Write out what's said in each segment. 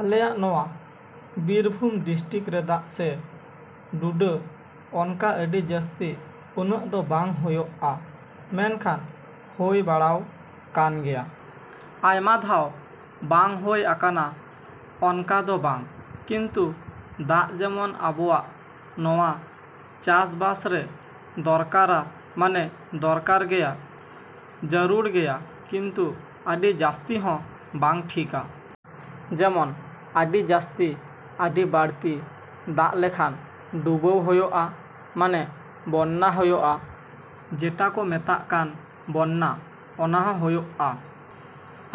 ᱟᱞᱮᱭᱟᱜ ᱱᱚᱶᱟ ᱵᱤᱨᱵᱷᱩᱢ ᱰᱤᱥᱴᱤᱠ ᱨᱮᱫᱟᱜ ᱥᱮ ᱰᱩᱵᱟᱹ ᱚᱱᱠᱟ ᱟᱰᱤ ᱡᱟᱥᱛᱤ ᱩᱱᱟᱹᱜ ᱫᱚ ᱵᱟᱝ ᱦᱳᱭᱳᱜᱼᱟ ᱢᱮᱱᱠᱷᱟᱱ ᱦᱳᱭ ᱵᱟᱲᱟᱣ ᱠᱟᱱ ᱜᱮᱭᱟ᱾ ᱟᱭᱢᱟ ᱫᱷᱟᱣ ᱵᱟᱝ ᱦᱳᱭ ᱟᱠᱟᱱᱟ ᱚᱱᱠᱟ ᱫᱚ ᱵᱟᱝ ᱠᱤᱱᱛᱩ ᱫᱟᱜ ᱡᱮᱢᱚᱱ ᱟᱵᱚᱣᱟᱜ ᱱᱚᱶᱟ ᱪᱟᱥ ᱵᱟᱥ ᱨᱮ ᱫᱚᱨᱠᱟᱨᱟ ᱢᱟᱱᱮ ᱫᱚᱨᱠᱟᱨ ᱜᱮᱭᱟ, ᱡᱟᱨᱩᱲ ᱜᱮᱭᱟ ᱠᱤᱱᱛᱩ ᱟᱰᱤ ᱡᱟᱥᱛᱤ ᱦᱚᱸ ᱵᱟᱝ ᱴᱷᱤᱠᱟ᱾ ᱡᱮᱢᱚᱱ ᱟᱰᱤ ᱡᱟᱥᱛᱤ ᱟᱰᱤ ᱵᱟᱲᱛᱤ ᱫᱟᱜ ᱞᱮᱠᱷᱟᱱ ᱰᱩᱵᱟᱹᱣ ᱦᱳᱭᱳᱜᱼᱟ, ᱢᱟᱱᱮ ᱵᱚᱱᱱᱟ ᱦᱳᱭᱳᱜᱼᱟ, ᱡᱮᱴᱟ ᱠᱚ ᱢᱮᱛᱟᱜ ᱠᱟᱱ ᱵᱚᱱᱱᱟ ᱚᱱᱟ ᱦᱚᱸ ᱦᱳᱭᱳᱜᱼᱟ᱾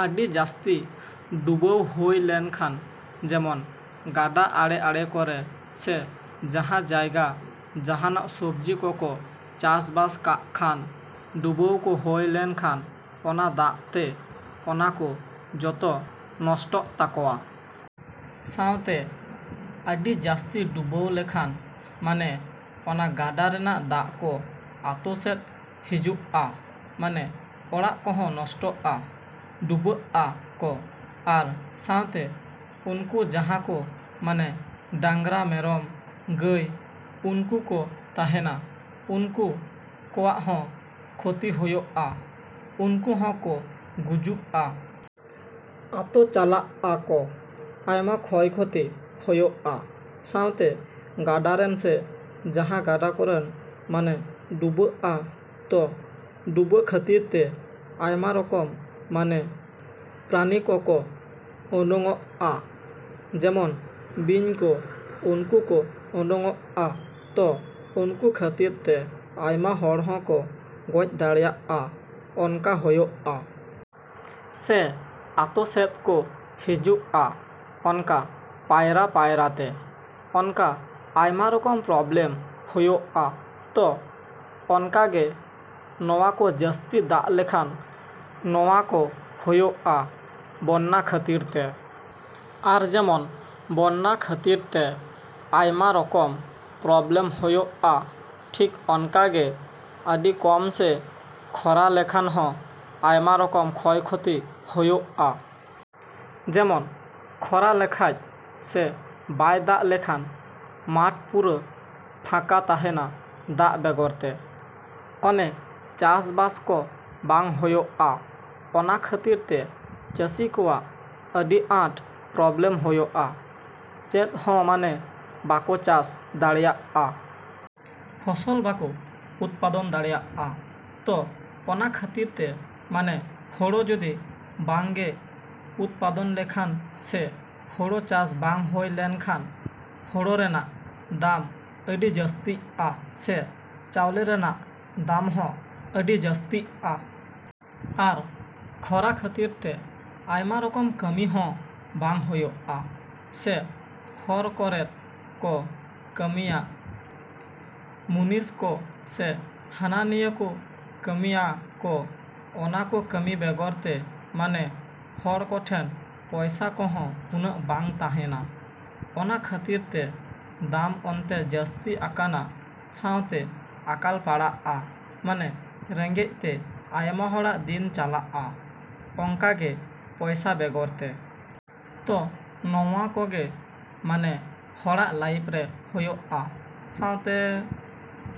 ᱟᱰᱤ ᱡᱟᱥᱛᱤ ᱰᱩᱵᱟᱹᱣ ᱦᱳᱭ ᱞᱮᱱᱠᱷᱟᱱ ᱡᱮᱢᱚᱱ ᱜᱟᱰᱟ ᱟᱲᱮ ᱟᱲᱮ ᱠᱚᱨᱮ ᱥᱮ ᱡᱟᱦᱟᱸ ᱡᱟᱭᱜᱟ ᱡᱟᱦᱟᱱᱟᱜ ᱥᱚᱵᱽᱡᱤ ᱠᱚ ᱠᱚ ᱪᱟᱥ ᱵᱟᱥ ᱠᱟᱜ ᱠᱷᱟᱱ ᱰᱩᱵᱟᱹᱣ ᱠᱚ ᱦᱳᱭ ᱞᱮᱱ ᱠᱷᱟᱱ ᱚᱱᱟ ᱫᱟᱜ ᱛᱮ ᱚᱱᱟ ᱠᱚ ᱡᱚᱛᱚ ᱱᱚᱥᱴᱚᱜ ᱛᱟᱠᱚᱣᱟ᱾ ᱥᱟᱶᱛᱮ ᱟᱰᱤ ᱡᱟᱥᱛᱤ ᱰᱩᱵᱟᱹᱣ ᱞᱮᱠᱷᱟᱱ ᱢᱟᱱᱮ ᱚᱱᱟ ᱜᱟᱰᱟ ᱨᱮᱱᱟᱜ ᱫᱟᱜ ᱠᱚ ᱟᱛᱳ ᱥᱮᱫ ᱦᱤᱡᱩᱜᱼᱟ ᱢᱟᱱᱮ ᱚᱲᱟᱜ ᱠᱚᱦᱚᱸ ᱱᱚᱥᱴᱚᱜᱼᱟ, ᱰᱩᱵᱟᱹᱜᱼᱟ ᱠᱚ᱾ ᱟᱨ ᱥᱟᱶᱛᱮ ᱩᱱᱠᱩ ᱡᱟᱦᱟᱸ ᱠᱚ ᱢᱟᱱᱮ ᱰᱟᱝᱨᱟ ᱢᱮᱨᱚᱢ ᱜᱟᱹᱭ ᱩᱱᱠᱩ ᱠᱚ ᱛᱟᱦᱮᱱᱟ ᱩᱱᱠᱩ ᱠᱚᱣᱟᱜ ᱦᱚᱸ ᱠᱷᱚᱛᱤ ᱦᱳᱭᱳᱜᱼᱟ, ᱩᱱᱠᱩ ᱦᱚᱸ ᱠᱚ ᱜᱩᱡᱩᱜᱼᱟ᱾ ᱟᱛᱳ ᱪᱟᱞᱟᱜᱼᱟ ᱠᱚ, ᱟᱭᱢᱟ ᱠᱷᱚᱭ ᱠᱷᱚᱛᱤ ᱦᱳᱭᱳᱜᱼᱟ᱾ ᱥᱟᱶᱛᱮ ᱜᱟᱰᱟ ᱨᱮᱱ ᱥᱮ ᱡᱟᱦᱟᱸ ᱜᱟᱰᱟ ᱠᱚᱨᱮᱱ ᱢᱟᱱᱮ ᱰᱩᱵᱟᱹᱜᱼᱟ ᱛᱚ ᱰᱩᱵᱟᱹ ᱠᱷᱟᱛᱤᱨ ᱛᱮ ᱟᱭᱢᱟ ᱨᱚᱠᱚᱢ ᱢᱟᱱᱮ ᱯᱨᱟᱱᱤ ᱠᱚ ᱠᱚ ᱳᱰᱳᱝᱚᱜᱼᱟ ᱡᱮᱢᱚᱱ ᱵᱤᱧ ᱠᱚ ᱩᱱᱠᱩ ᱠᱚ ᱳᱰᱳᱝᱚᱜᱼᱟ ᱛᱚ ᱩᱱᱠᱩ ᱠᱷᱟᱛᱤᱨ ᱛᱮ ᱟᱭᱢᱟ ᱦᱚᱲ ᱦᱚᱸ ᱠᱚ ᱜᱚᱡᱽ ᱫᱟᱲᱮᱭᱟᱜᱼᱟ ᱚᱱᱠᱟ ᱦᱳᱭᱳᱜᱼᱟ᱾ ᱥᱮ ᱟᱛᱳ ᱥᱮᱫ ᱠᱚ ᱦᱤᱡᱩᱜᱼᱟ ᱚᱱᱠᱟ ᱯᱟᱭᱨᱟ ᱯᱟᱭᱨᱟ ᱛᱮ ᱚᱱᱠᱟ ᱟᱭᱢᱟ ᱨᱚᱠᱚᱢ ᱯᱨᱚᱵᱞᱮᱢ ᱦᱳᱭᱳᱜᱼᱟ᱾ ᱛᱚ ᱚᱱᱠᱟ ᱜᱮ ᱱᱚᱶᱟ ᱠᱚ ᱡᱟᱥᱛᱤ ᱫᱟᱜ ᱞᱮᱠᱷᱟᱱ ᱱᱚᱶᱟ ᱠᱚ ᱦᱳᱭᱳᱜᱼᱟ, ᱵᱚᱱᱱᱟ ᱠᱷᱟᱛᱤᱨ ᱛᱮ᱾ ᱟᱨ ᱡᱮᱢᱚᱱ ᱵᱚᱱᱱᱟ ᱠᱷᱟᱛᱤᱨ ᱛᱮ ᱟᱭᱢᱟ ᱨᱚᱠᱚᱢ ᱯᱨᱚᱵᱞᱮᱢ ᱦᱳᱭᱳᱜᱼᱟ ᱴᱷᱤᱠ ᱚᱱᱠᱟ ᱜᱮ ᱟᱰᱤ ᱠᱚᱢ ᱥᱮ ᱠᱷᱚᱨᱟ ᱞᱮᱠᱷᱟᱱ ᱦᱚᱸ ᱟᱭᱢᱟ ᱨᱚᱠᱚᱢ ᱠᱷᱚᱭ ᱠᱷᱚᱛᱤ ᱦᱳᱭᱳᱜᱼᱟ᱾ ᱡᱮᱢᱚᱱ ᱠᱷᱚᱨᱟ ᱞᱮᱠᱷᱟᱡ ᱥᱮ ᱵᱟᱭ ᱫᱟᱜ ᱞᱮᱠᱷᱟᱱ ᱢᱟᱴᱷ ᱯᱩᱨᱟᱹ ᱯᱷᱟᱸᱠᱟ ᱛᱟᱦᱮᱱᱟ ᱫᱟᱜ ᱵᱮᱜᱚᱨ ᱛᱮ᱾ ᱚᱱᱮ ᱪᱟᱥ ᱵᱟᱥ ᱠᱚ ᱵᱟᱝ ᱦᱳᱭᱩᱳᱜᱼᱟ, ᱚᱱᱟ ᱠᱷᱟᱛᱤᱨ ᱛᱮ ᱪᱟᱥᱤ ᱠᱚᱣᱟᱜ ᱟᱰᱤ ᱟᱸᱴ ᱯᱨᱚᱵᱞᱮᱢ ᱦᱳᱭᱳᱜᱼᱟ, ᱪᱮᱫ ᱦᱚᱸ ᱢᱟᱱᱮ ᱵᱟᱠᱚ ᱪᱟᱥ ᱫᱟᱲᱮᱭᱟᱜᱼᱟ᱾ ᱯᱷᱚᱥᱚᱞ ᱵᱟᱠᱚ ᱩᱛᱯᱟᱫᱚᱱ ᱫᱟᱲᱮᱭᱟᱜᱼᱟ, ᱛᱚ ᱚᱱᱟ ᱠᱷᱟᱛᱤᱨ ᱛᱮ ᱢᱟᱱᱮ ᱦᱳᱲᱳ ᱡᱩᱫᱤ ᱵᱟᱝ ᱜᱮ ᱩᱛᱯᱟᱫᱚᱱ ᱞᱮᱱᱠᱷᱟᱱ ᱥᱮ ᱦᱳᱲᱳ ᱪᱟᱥ ᱵᱟᱝ ᱦᱳᱭ ᱞᱮᱱ ᱠᱷᱟᱱ ᱦᱳᱲᱳ ᱨᱮᱱᱟᱜ ᱫᱟᱢ ᱟᱰᱤ ᱡᱟᱥᱛᱤᱜᱼᱟ ᱥᱮ ᱪᱟᱣᱞᱮ ᱨᱮᱱᱟᱜ ᱫᱟᱢ ᱦᱚᱸ ᱟᱰᱤ ᱡᱟᱥᱛᱤᱜᱼᱟ᱾ ᱟᱨ ᱠᱷᱚᱨᱟ ᱠᱷᱟᱛᱤᱨ ᱛᱮ ᱟᱭᱢᱟ ᱨᱚᱠᱚᱢ ᱠᱟᱢᱤ ᱦᱚᱸ ᱵᱟᱝ ᱦᱳᱭᱳᱜᱼᱟ᱾ ᱥᱮ ᱦᱚᱨ ᱠᱚᱨᱮᱫ ᱠᱚ ᱠᱟᱢᱤᱭᱟ ᱢᱩᱱᱤᱥ ᱠᱚ ᱥᱮ ᱦᱟᱱᱟ ᱱᱤᱭᱟᱹ ᱠᱚ ᱠᱟᱢᱤᱭᱟ ᱠᱚ ᱚᱱᱟ ᱠᱚ ᱠᱟᱢᱤ ᱵᱮᱜᱚᱨ ᱛᱮ ᱢᱟᱱᱮ ᱦᱚᱲ ᱠᱚᱴᱷᱮᱱ ᱯᱚᱭᱥᱟ ᱠᱚᱦᱚᱸ ᱩᱱᱟᱹᱜ ᱵᱟᱝ ᱛᱟᱦᱮᱱᱟ, ᱚᱱᱟ ᱠᱷᱟᱛᱤᱨ ᱛᱮ ᱫᱟᱢ ᱚᱱᱛᱮ ᱡᱟᱥᱛᱤ ᱟᱠᱟᱱᱟ ᱥᱟᱶᱛᱮ ᱟᱠᱟᱞ ᱯᱟᱲᱟᱜᱼᱟ ᱢᱟᱱᱮ ᱨᱮᱸᱜᱮᱡ ᱛᱮ ᱟᱭᱢᱟ ᱦᱚᱲᱟᱜ ᱫᱤᱱ ᱪᱟᱞᱟᱜᱼᱟ ᱚᱝᱠᱟ ᱜᱮ ᱯᱚᱭᱥᱟ ᱵᱮᱜᱚᱨ ᱛᱮ᱾ ᱛᱚ ᱱᱚᱶᱟ ᱠᱚ ᱜᱮ ᱢᱟᱱᱮ ᱦᱚᱲᱟᱜ ᱞᱟᱭᱤᱯᱷ ᱨᱮ ᱦᱳᱭᱳᱜᱼᱟ ᱥᱟᱶᱛᱮᱼᱼ